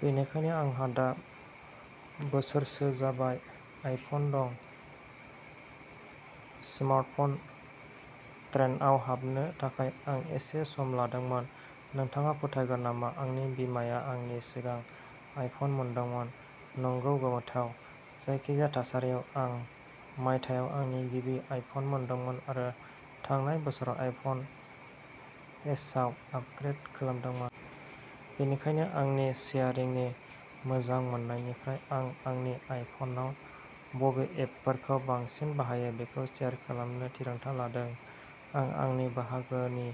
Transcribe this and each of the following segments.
बेनिखायनो आंहा दा बोसोरसो जाबाय आइफन दं। स्मार्टफन ट्रेन्डआव हाबनो थाखाय आं एसे सम लादोंमोन। नोंथाङा फोथायगोन नामा आंनि बिमाया आंनि सिगां आइफन मोनदोंमोन? नंगौ, गोमोथाव। जायखिजाया थासारियाव, आं मायथाइयाव आंनि गिबि आइफन, मोनदोंमोन आरो थांनाय बोसोराव आइफन एसआव आपग्रेड खालामदोंमोन। बेनिखायनो, आंनि शेयारिंनि मोजां मोन्नायनिफ्राय आं आंनि आइफनआव बबे एपफोरखौ बांसिन बाहायो बेखौ शेयार खालामनो थिरांथा लादों। आं आंनि बाहागोनि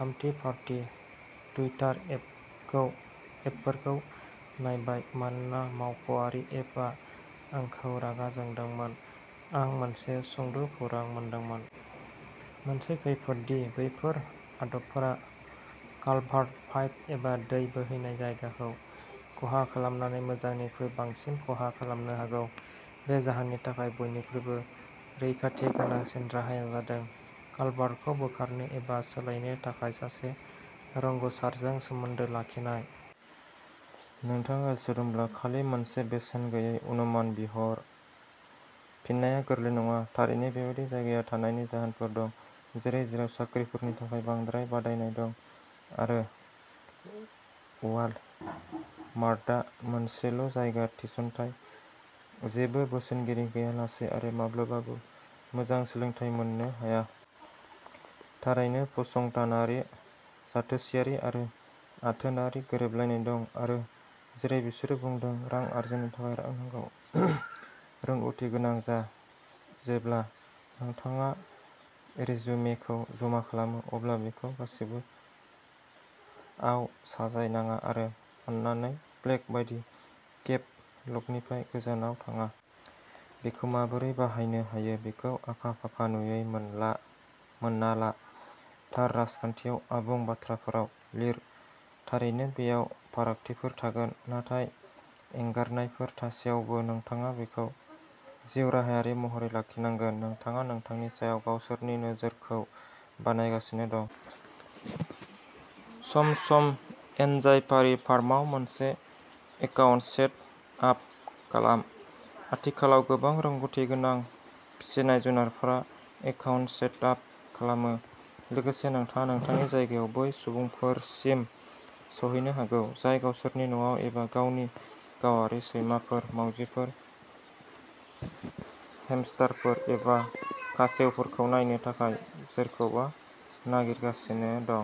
थामथि-पार्टि टुइटार एपफोरखौ नायबाय, मानोना मावख'आरि एपआ आंखौ रागा जोंदोंमोन। आं मोनसे सुंद'खौरां मोनदोंमोन। मोनसे खैफोद दि बेफोर आदबफोरा कालभार्ट पाइप एबा दै बोहैनाय जायगाखौ खहा खालामनानै मोजांनिख्रुइ बांसिन खहा खालामनो हागौ। बे जाहोननि थाखाय, बयनिख्रुइबो रैखाथि गोनांसिन राहाया जादों कालभार्टखौ बोखारनो एबा सोलायनो थाखाय सासे रोंग'सारजों सोमोन्दो लाखिनाया। नोंथाङा गोसो दंब्ला खालि मोनसे बेसेन गैयै अनुमान बिहर। फिननाया गोरलै नङा। थारैनो, बेबादि जायगायाव थानायनि जाहोनफोर दं, जेरै जेराव साख्रिफोरनि थाखाय बांद्राय बादायनाय दं आरो वालमार्टआ मोनसेल'जायगा थिसनथाय, जेबो बोसोनगिरि गैयालासे, आरो माब्लाबाबो मोजां सोलोंथाय मोननो हाया। थारैनो, फसंथानारि जाथोसेयारि आरो आथोनारि गोरोबलायनाय दं, आरो जेरै बिसोरो बुंदों, रां आर्जिनो थाखाय रां नांगौ। रोंग'थि गोनां जा। जेब्ला नोंथाङा रिजुमेखौ जमा खालामो, अब्ला बेखौ गासिबो आव साजायनाङा आरो अन्नानै प्लेग बायदि केप लकनिफ्राय गोजानाव थाङा। बेखौ माबोरै बाहायनो हायो बेखौ आखा-फाखा नुयै मोनना ला। थार रावखान्थियाव आबुं बाथ्राफोराव लिर। थारैनो, बेयाव फारागथिफोर थागोन, नाथाय एंगारनायफोर थासेयावबो, नोंथाङा बेखौ जिउराहायारि महरै लाखिनांगोन। नोंथाङा नोंथांनि सायाव गावसोरनि नोजोरखौ बानायगासिनो दं। सम-सम एन्जाय फार्रि फार्माव मोनसे एकाउन्ट सेट आप खालाम? आथिखालाव, गोबां रोंग'थि गोनां फिसिनाय-जुनारफोरा एकाउन्ट सेट आप खालामो। लोगोसे, नोंथाङा नोंथांनि जायगायाव बै सुबुंफोरसिम सौहैनो हागौ, जाय गावसोरनि न'आव एबा गावनि गावारि सैमाफोर, मावजिफोर, हेमस्टारफोर, एबा खासेवफोरखौ नायनो थाखाय सोरखौबा नागिरगासिनो दं।